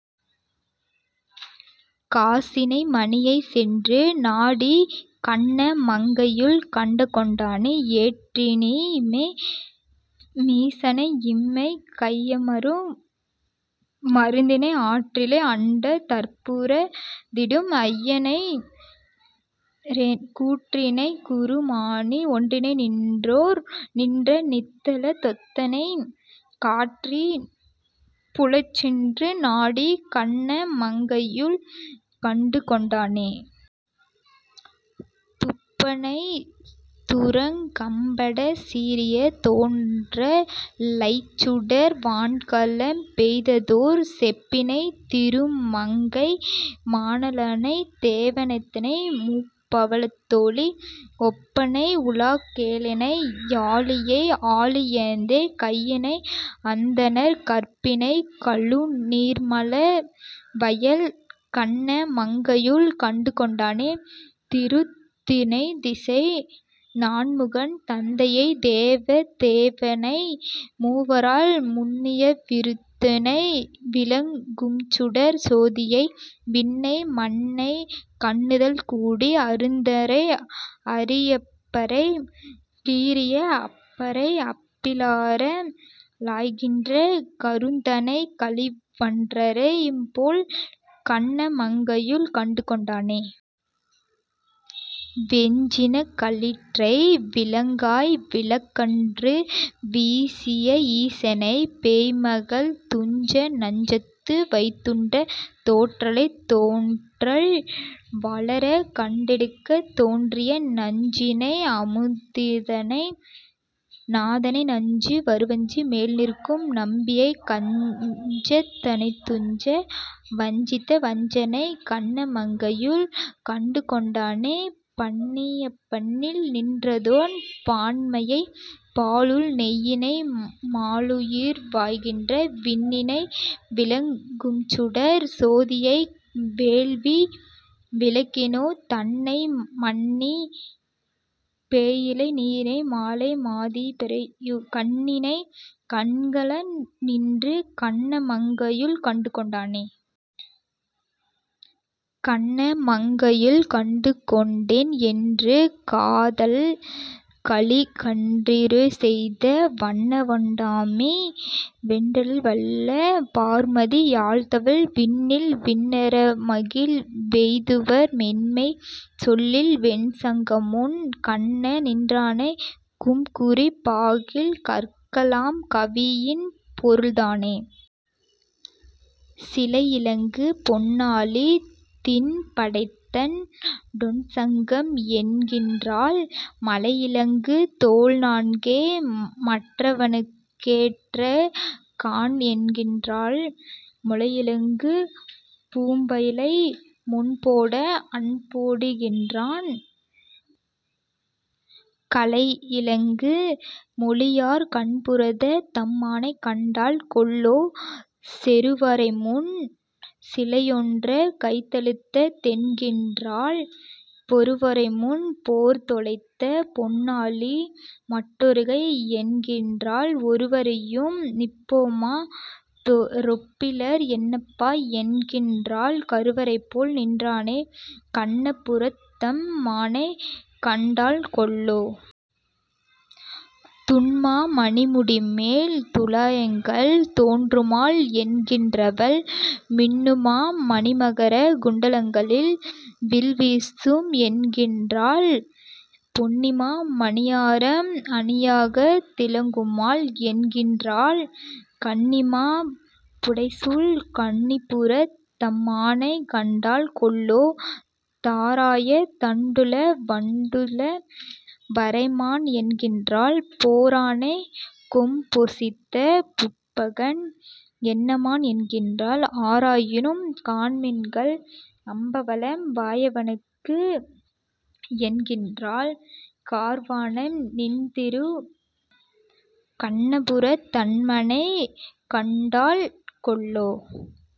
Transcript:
காசி னைமணி யைச்சென்று நாடிக் கண்ண மங்கையுள் கண்டுகொண் டேனே. ஏற்றி னைய மீசனை இம்மை யைமறு மைக்கு மருந்தினை, ஆற்ற லை அண்டத் தப்புறத் துய்த்திடும் ஐய னைக்கையி லாழியொன் றேந்திய கூற்றி னை, குரு மாமணிக் குன்றினை நின்றோர் நின்ற நித்திலத் தொத்தினை, காற்றி னைப்புன லைச்சென்று நாடிக் கண்ண மங்கையுள் கண்டுகொண் டேனே. துப்ப னைத்துரங் கம்படச் சீறிய தோன்ற லைச்சுடர் வான்கலன் பெய்ததோர் செப்பி னை, திரு மங்கைமா ணளனைத் தேவ னைத்திக ழும்பவ ளத்தொளி ஒப்ப னை, உல கேழினை யாழியை ஆழி யேந்திய கையனை அந்தணர் கற்பி னை, கழு நீர்மல வயல் கண்ண மங்கையுள் கண்டுகொண் டேனே. திருத்த னைத்திசை நான்முகன் தந்தையைத் தேவ தேவனை மூவரால் முன்னிய விருத்த னை, விளங் கும்சுடர்ச் சோதியை விண்ணை மண்னைக் கண்ணுதல் கூடிய அருத்த னை, அரி யைப்பரி கீறிய அப்ப ரை அப்பி லாரழ லாய்நின்ற கருத்த னை, களி வண்டறை யும்பொழில் கண்ண மங்கையுள் கண்டுகொண் டேனே. வெஞ்சி னக்களிற் றைவிளங் காய்விழக் கன்று வீசிய ஈசனை, பேய்மகள் துஞ்ச நஞ்சத்து வைத்துண்ட தோன்றலைத் தோன்றல் வாளரக் கன்கெடத் தோன்றிய நஞ்சி னை, அமு தத்தினை நாதனை நச்சு வாருச்சி மேல்நிற்கும் நம்பியை, கஞ்ச னைத்துஞ்ச வஞ்சித்த வஞ்சனைக், கண்ண மங்கையுள் கண்டுகொண் டேனே. பண்ணி னைப்பண்ணில் நின்றதோர் பான்மையைப் பாலுள் நெய்யினை மாலுரு வாய்நின்ற விண்ணி னை, விளங் கும்சுடர்ச் சோதியை வேள்வி விளக் கினொளி தன்னை, மண்ணி னைமலை யையலை நீரினை மாலை மாமதி யைமறை யோர்தங்கள் கண்ணி னை, கண்க ளாரள வும்நின்று கண்ண மங்கையுள் கண்டுகொண் டேனே. கண்ண மங்கையுள் கண்டுகொண் டேன் என்று காதல்கலி கன்றியு ரைசெய்த, வண்ண வொண்டமி ழொன்பதோ டொன்றிவை வல்ல ராயுரைப் பார்மதி யம்தவழ் விண்ணில் விண்ணவ ராய்மகிழ் வெய்துவர் மெய்ம்மை சொல்லில்வெண் சங்கமொன் கண்ண, நின்றனக் கும்குறிப் பாகில் கற்க லாம்கவி யின்பொருள் தானே. சிலையிலங்கு பொன்னாழி திண்படைதண் டொண்சங்கம் என்கின் றால், மலையிலங்கு தோள்நான்கே மற்றவனுக் கெற்றேகாண் என்கின் றாளால், முலையிலங்கு பூம்பயலை முன்போட அன்போடி யிருக்கின் றான், கலையிலங்கு மொழியாளர் கண்ணபுரத் தம்மானைக் கண்டாள் கொல்லோ.. செருவரைமுன் சிலையன்றோ கைத்தலத்த தென்கின் றால், பொருவரைமுன் போர்தொலைத்த பொன்னாழி மற்றொருகை என்கின் றால், ஒருவரையும் நின்னொப்பா ரொப்பிலர் என்னப்பா என்கின் றால், கருவரைபோல் நின்றானைக் கண்ணபுரத் தம்மானைக் கண்டாள் கொல்லோ.. துன்மா மணிமுடிமேல் துழாயலங்கல் தோன்றுமால் என்கின் றவல், மின்னுமா மணிமகர குண்டலங்கள் வில்வீசும் என்கின் றால், பொன்னின்மா மணியாரம் அணியாகத் திலங்குமால் என்கின் றால், கன்னிமா மதிள்புடைசூழ் கண்ணபுரத் தம்மானைக் கண்டாள் கொல்லோ.. தாராய தண்டுளப வண்டுழுத வரைமார்பன் என்கின் றால், போரானைக் கொம்பொசித்த புட்பாகன் என்னம்மான் என்கின் றால், ஆராயினும் காண்மின்கள் அம்பவளம் வாயவனுக் கென்கின் றால், கார்வானம் நின்றதிருக் கண்ணபுரத் தம்மானைக் கண்டாள் கொல்லோ..